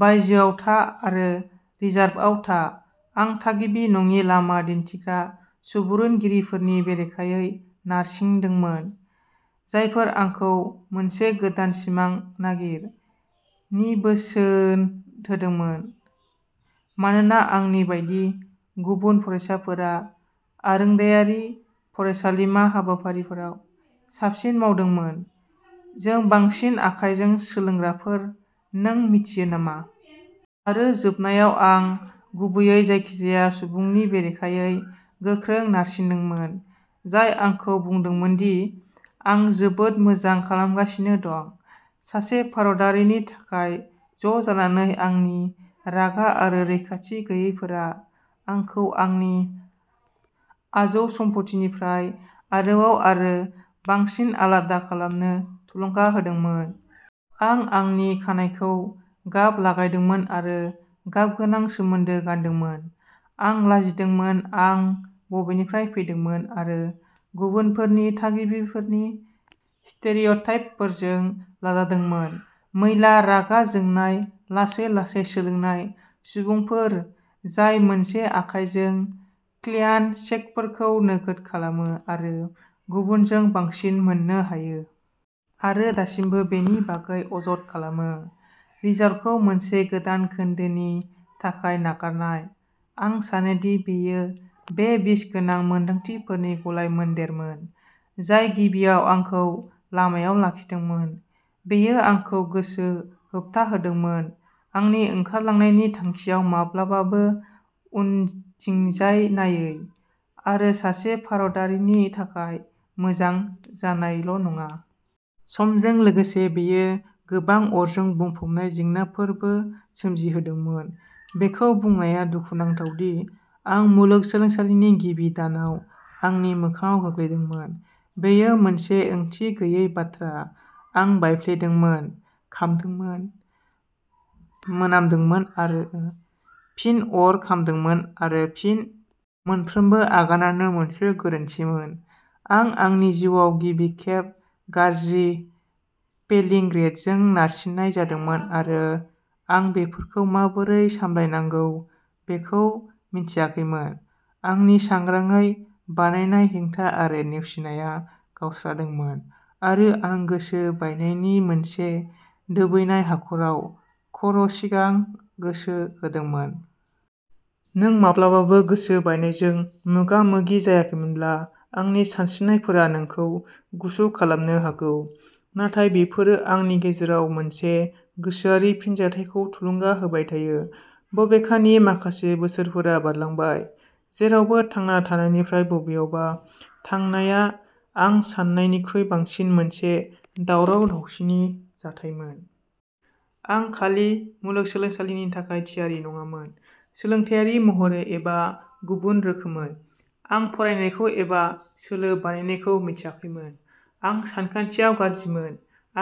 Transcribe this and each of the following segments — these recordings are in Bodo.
बायजोआव था आरो रिजार्भआव था। आं थागिबि-नङि लामा दिन्थिग्रा सुबुरुनगिरिफोरनि बेरेखायै नारसिंदोंमोन, जायफोरा आंखौ "मोनसे गोदान सिमां नागिर" नि बोसोन होदोंमोन, मानोना आंनि बायदि गुबुन फरायसाफोरा आरोंदायारि फरायसालिमा हाबाफारिफोराव साबसिन मावदोंमोन। जों बांसिन, आखायजों सोलोंग्राफोर, नों मिथियो नामा? आरो जोबनायाव, आं गुबैयै जायखिजाया सुबुंनि बेरेखायै गोख्रों नारसिन्दोंमोन, जाय आंखौ बुंदोंमोन दि आं जोबोद मोजां खालामगासिनो दं। सासे भारतारिनि थाखाय। ज'जानानै, आंनि रागा आरो रैखाथि गैयैफोरा आंखौ आंनि आजौसमफथिनिफ्राय आरोबाव आरो बांसिन आलादा खालामनो थुलुंगा होदोंमोन। आं आंनि खानाइखौ गाब लागायदोंमोन आरो गाबगोनां सोमोन्दो गानदोंमोन। आं लाजिदोंमोन आं बबेनिफ्राय फैदोंमोन, आरो गुबुनफोरनि थागिबिफोरनि स्टेरियोटाइपफोरजों लाजादोंमोनः मैला, रागा जोंनाय, लासै-लासै सोलोंनाय सुबुंफोर जाय मोनसे आखाइजों कल्याण चेकफोरखौ नोगोद खालामो आरो गुबुनजों बांसिन मोननो हायो... आरो दासिमबो बेनि बागै अजद खालामो। रिजार्भखौ मोनसे गोदान खोन्दोनि थाखाय नागारनाय। आं सानो दि बेयो बे बिसगोनां मोन्दांथिफोरनि गलायमोनदेरमोन जाय गिबियाव आंखौ लामायाव लाखिदोंमोन। बेयो आंखौ गोसो होथाबहोदोंमोन। आंनि ओंखारलांनायनि थांखिआव, माब्लाबाबो उनथिंजाय नायै, आरो सासे भारतारिनि थाखाय मोजां जानायल'नङा। समजों लोगोसे, बेयो गोबां अरजों बुंफबनाय जेंनाफोरबो सोमजिहोदोंमोन। बेखौ बुंनाया दुखुनांथाव दि आं मुलुगसोलोंसालिनि गिबि दानाव आंनि मोखांआव गोग्लैदोंमोन, बेयो मोनसे ओंथि गैयै बाथ्रा। आं बायफ्लेदोंमोन, खामदोंमोन, मोनामदोंमोन, आरो फिन अर खामदोंमोन। आरो फिन। मोनफ्रोमबो आगानानो मोनसे गोरोन्थिमोन। आं आंनि जिउआव गिबि खेब गाज्रि, फेलिं ग्रेडजों नारसिन्नाय जादोंमोन आरो आं बेफोरखौ माबोरै सामलायनांगौ बेखौ मिन्थियाखैमोन। आंनि सांग्राङै बानायनाय हेंथा आरो नेवसिनाया गावस्रादोंमोन, आरो आं गोसो बायनायनि मोनसे दोबैनाय हाखराव खर'सिगां गोसो होदोंमोन। नों माब्लाबाबो गोसो बायनायजों मोगा-मोगि जायाखैमोनब्ला, आंनि सानस्रिनायफोरा नोंखौ गुसु खालामनो हागौ। नाथाय बेफोरो आंनि गेजेराव मोनसे गोसोआरि फिनजाथायखौ थुलुंगा होबाय थायो, बबेखानि माखासे बोसोरफोरा बारलांबाय। जेरावबो थांना थानायनिफ्राय बबेयावबा थांनाया आं सान्नायनिख्रुइ बांसिन मोनसे दावराव-दावसिनि जाथायमोन। आं खालि। मुलुग सोलोंसालिनि थाखाय थियारि नङामोन; सोलोंथायारि महरै एबा गुबुन रोखोमै। आं फरायनायखौ एबा सोलो बानायनायखौ मिथियाखैमोन, आं सानखान्थियाव गाज्रिमोन,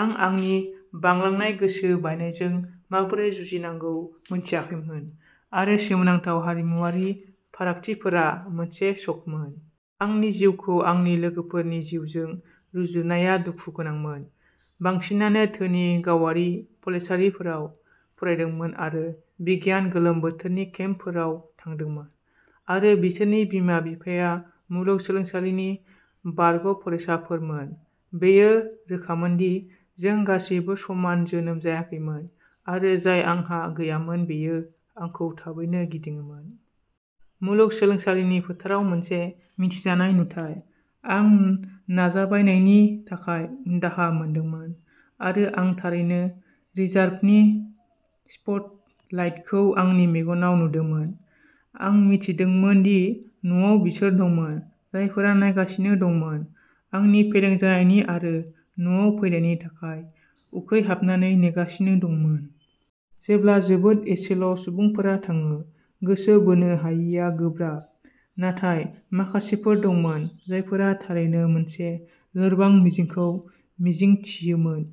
आं आंनि बांलांनाय गोसो बायनायजों माबोरै जुजिनांगौ मोनथियाखैमोन, आरो सोमोनांथाव हारिमुआरि फारागथिफोरा मोनसे शकमोन। आंनि जिउखौ आंनि लोगोफोरनि जिउजों रुजुननाया दुखु गोनांमोन। बांसिनानो धोनि गावारि फरायसालिफोराव फरायदोंमोन आरो बिगियान गोलोम बोथोरनि केम्पफोराव थांदोंमोन, आरो बिसोरनि बिमा-बिफाया मुलुगसोलोंसालिनि बारग'फरायसाफोरमोन। बेयो रोखामोन दि जों गासैबो समान जोनोम जायाखैमोन, आरो जाय आंहा गैयामोन बेयो आंखौ थाबैनो गिदिङोमोन। मुलुग सोलोंसालिनि फोथाराव मोनसे मिथिजानाय नुथाय। आं नाजाबायनायनि थाखाय उनदाहा मोनदोंमोन, आरो आं थारैनो रिजार्भनि स्पटलाइटखौ आंनि मेगनाव नुदोंमोन। आं मिथिदोंमोन दि न'आव बिसोर दंमोन जायफोरा नायगासिनो दंमोन, आंनि फेलें जानायनि आरो न'आव फैनायनि थाखाय उखैहाबनानै नेगासिनो दंमोन। जेब्ला जोबोद एसेल'सुबुंफोरा थाङो, गोसो बोनो हायैआ गोब्राब। नाथाय माखासेफोर दंमोन जायफोरा थारैनो मोनसे लोरबां मिजिंखौ मिजिंथियोमोन।